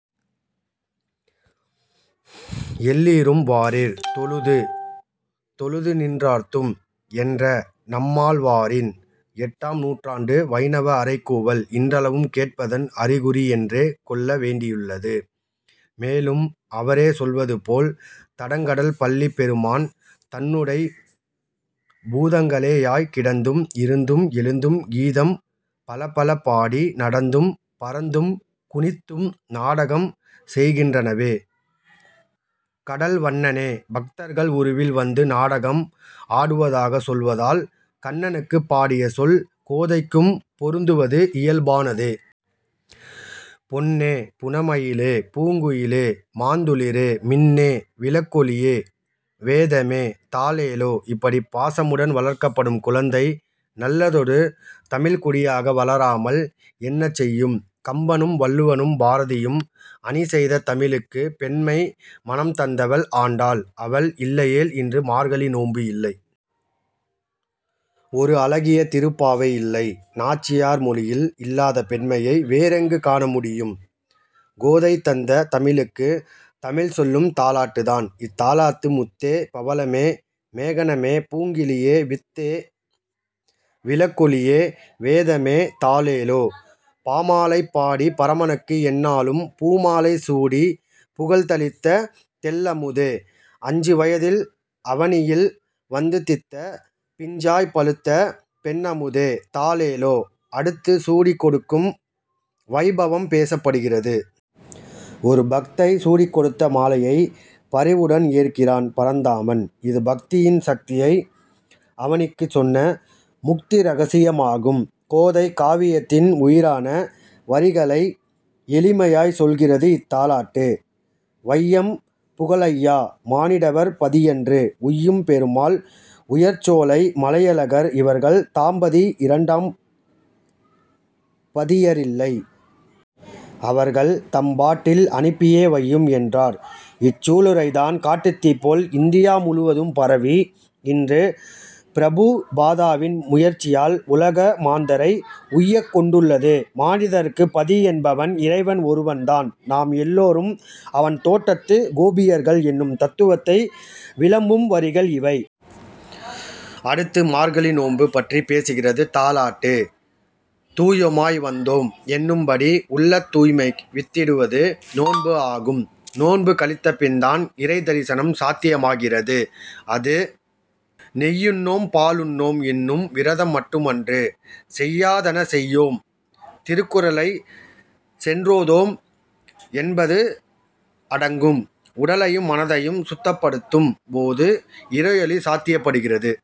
எல்லீரும் வாரீர், தொழுது, தொழுது நின்றார்த்தும்! " என்ற நம்மாழ்வாரின் எட்டாம் நூற்றாண்டு வைணவ அறைகூவல் இன்றளவும் கேட்பதன் அறிகுறியென்றே கொள்ள வேண்டியுள்ளது. மேலும் அவரே சொல்வது போல், "தடங்கடல் பள்ளிப் பெருமான், தன்னுடைப் பூதங்களேயாய் கிடந்தும், இருந்தும், எழுந்தும், கீதம் பலபல பாடி, நடந்தும், பரந்தும், குனித்தும் நாடகம் செய்கின்றனவே" கடல் வண்ணனே, பக்தர்கள் உருவில் வந்து நாடகம் ஆடுவதாகச் சொல்வதால், கண்ணனுக்குப் பாடிய சொல் கோதைக்கும் பொருந்துவது இயல்பானதே. பொன்னே புனமயிலே பூங்குயிலே மாந்துளிரே மின்னே விளக்கொளியே வேதமே தாலேலோ, இப்படிப் பாசமுடன் வளர்க்கப்படும் குழந்தை நல்லதொரு தமிழ்க் குடியாக வராமல் என்ன செய்யும்? கம்பனும், வள்ளுவனும், பாரதியும் அணி செய்த தமிழுக்குப் பெண்மை மணம் தந்தவள் ஆண்டாள். அவள் இல்லையேல் இன்று மார்கழி நோன்பு இல்லை. ஒரு அழகிய திருப்பாவையில்லை. நாச்சியார் மொழியில் இல்லாத பெண்மையை வேறெங்கு காணமுடியும்? கோதை தந்த தமிழுக்கு, தமிழ் சொல்லும் தாலாட்டுதான், இத்தாலாட்டு: முத்தே பவளமே மோகனமே பூங்கிளியே வித்தே விளக்கொளியே வேதமே தாலேலோ, "பாமாலை பாடிப் பரமனுக்கு என்னாளும் பூமாலை சூடிப் புகழ்தளித்த தெள்ளமுதே"!! அஞ்சு வயதில் அவனியில் வந்துதித்த பிஞ்சாய்ப் பழுத்த பெண்ணமுதே தாலேலோ, அடுத்து, சூடிக் கொடுக்கும் வைபவம் பேசப் படுகிறது. ஒரு பக்தை சூடிக் கொடுத்த மாலையைப் பரிவுடன் ஏற்கிறான் பரந்தாமன். இது பக்தியின் சக்தியை அவனிக்குச் சொன்ன முக்தி இரகசியமாகும். கோதை காவியத்தின் உயிரான வரிகளை எளிமையாய் சொல்கிறது இத்தாலாட்டு: வையம் புகழய்யா! மானிடவர் பதியன்று. "உய்யும் பெருமாள் உயர்சோலை மலையழகர் இவர்கள் தாம்பதி இரண்டாம் பதியரில்லை!! அவர்கள் தம்பாட்டில் அனுப்பியே வையும்!!! என்றார் இச்சூளுரைதான், காட்டுத்தீ போல் இந்தியா முழுதும் பரவி, இன்று பிரபு பாதாவின் முயற்சியால் உலக மாந்தரை உய்யக் கொண்டுள்ளது. மானிடர்க்குப் பதி என்பவன் இறைவன் ஒருவன்தான். நாம் எல்லோரும் அவன் தோட்டத்து கோபியர்கள் என்னும் தத்துவத்தை விளம்பும் வரிகள் இவை. அடுத்து மார்கழி நோன்பு பற்றிப் பேசுகிறது தாலாட்டு. "தூயோமாய் வந்தோம்" என்னும்படி உள்ளத் தூய்மைக்கு வித்திடுவது நோன்பு ஆகும். நோன்பு கழித்த பின்தான் இறைத் தரிசனம் சாத்தியமாகிறது. அது "நெய்யுண்ணோம், பாலுண்ணோம்" என்னும் விரதம் மட்டுமன்று, "செய்யாதன செய்யோம், தீருகுறளை சென்றோதோம்" என்பதும் அடங்கும். உடலையும், மனதையும் சுத்தப் படுத்தும் போது இறையொளி சாத்தியப் படுகிறது.